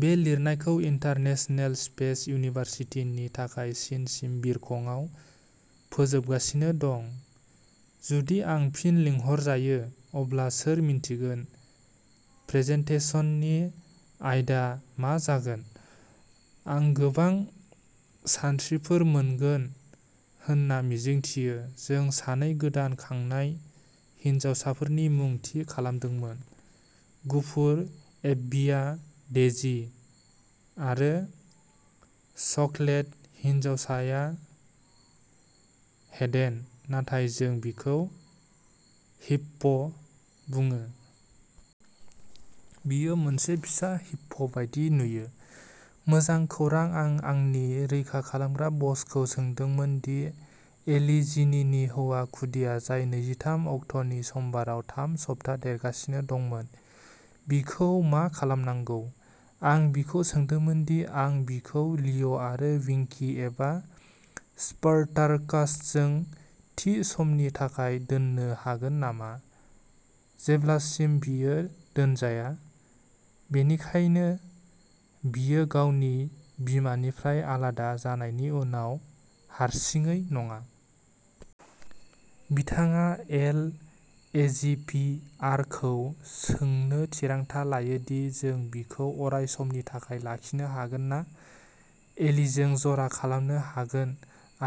बे लिरनायखौ international space इउनिभारसिटिनि थाखाय चीनसिम बिरखंआव फोजोबगासिनो दं, जुदि आं फिन लिंहरजायो, अब्ला सोर मिन्थिगोन प्रेजेन्टेसननि आयदा मा जागोन। आं गोबां सानस्रिफोर मोनगोन होनना मिजिंथियो। जों सानै गोदान खांनाय हिनजावफोरनि मुं थि खालामदोंमोन, गुफुर एब्बीआ डेजी आरो चकलेट हिनजावसाया हेडेन, नाथाय जों बिखौ हिप्प'बुङो। बियो मोनसे फिसा हिप्प'बायदि नुयो। मोजां खौरां!! आं आंनि रैखा खालामग्रा बसखौ सोंदोंमोन दि एलि, जिनिनि हौवा खुदिया, जाय नैजि, थाम अक्ट'नि समबाराव थाम सप्ता देरगासिनो दंमोन, बिखौ मा खालामनांगौ। आं बिखौ सोंदोंमोन दि आं बिखौ लिअ'आरो विंकी एबा स्पार्टाकासजों थि समनि थाखाय दोननो हागोन नामा जेब्लासिम बियो दोनजाया, बेनिखायनो बियो गावनि बिमानिफ्राय आलादा जानायनि उनाव हारसिङै नङा। बिथाङा एलएजीपीआरखौ सोंनो थिरांथा लायो दि जों बिखौ अराय समनि थाखाय लाखिनो हागोन ना एलीजों जरा खालामनो हागोन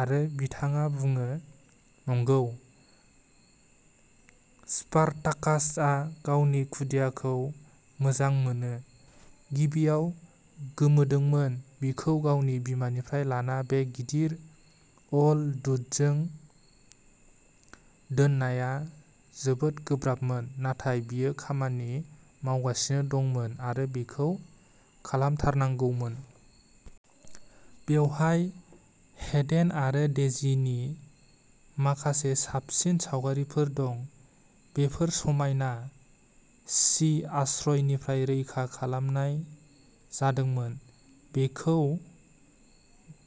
आरो बिथाङा बुङो नंगौ!! स्पार्टाकासआ गावनि खुदियाखौ मोजां मोनो। गिबियाव गोमोदोंमोन, बिखौ गावनि बिमानिफ्राय लाना बे गिदिर अल डूडजों दोननाया जोबोद गोब्राबमोन, नाथाय बेयो खामानि मावगासिनो दंमोन आरो बेखौ खालामथारनांगौमोन। बेवहाय हेडेन आरो डेजीनि माखासे साबसिन सावगारिफोर दं। बेफोर समायना!! चि. आश्रयनिफ्राय रैखा खालामनाय जादोंमोन। बिखौ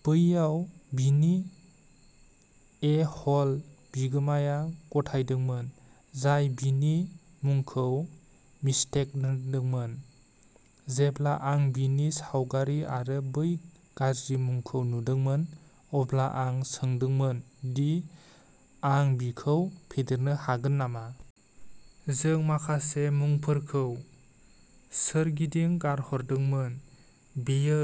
बैयाव बिनि ए-ह'ल बिगोमाया गथायदोंमोन, जाय बिनि मुंखौ मिस्टेक दोन्दोंमोन। जेब्ला आं बिनि सावगारि आरो बै गाज्रि मुंखौ नुदोंमोन, अब्ला आं सोंदोंमोन दि आं बिखौ फेदेरनो हागोन नामा। जों माखासे मुंफोरखौ सोरगिदिं गारहरदोंमोन, बेयो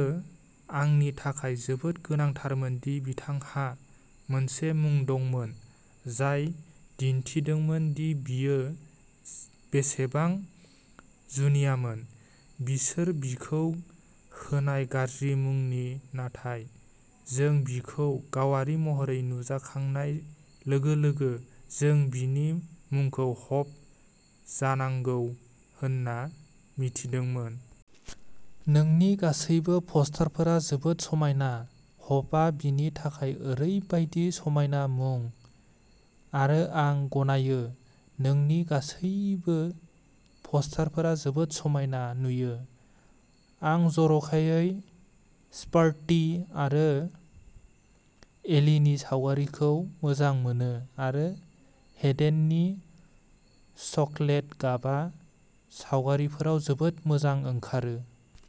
आंनि थाखाय जोबोद गोनांथारमोन दि बिथांहा मोनसे मुं दंमोन जाय दिन्थिदोंमोन दि बियो बेसेबां जुनियामोन। बिसोर बिखौ होनाय गाज्रि मुंनि, नाथाय जों बिखौ गावारि महरै नुजाखांनाय लोगो-लोगो जों बिनि मुंखौ हप जानांगौ होनना मिथिदोंमोन। नोंनि गासैबो फस्टारफोरा जोबोद समायना! हपआ बिनि थाखाय ओरैबायदि समायना मुं, आरो आं गनायो, नोंनि गासैबो फस्टारफोरा जोबोद समायना नुयो। आं जर'खायै स्पार्टि आरो एलिनि सावगारिखौ मोजां मोनो आरो हेडेननि चकलेट गाबआ सावगारिफोराव जोबोद मोजां ओंखारो।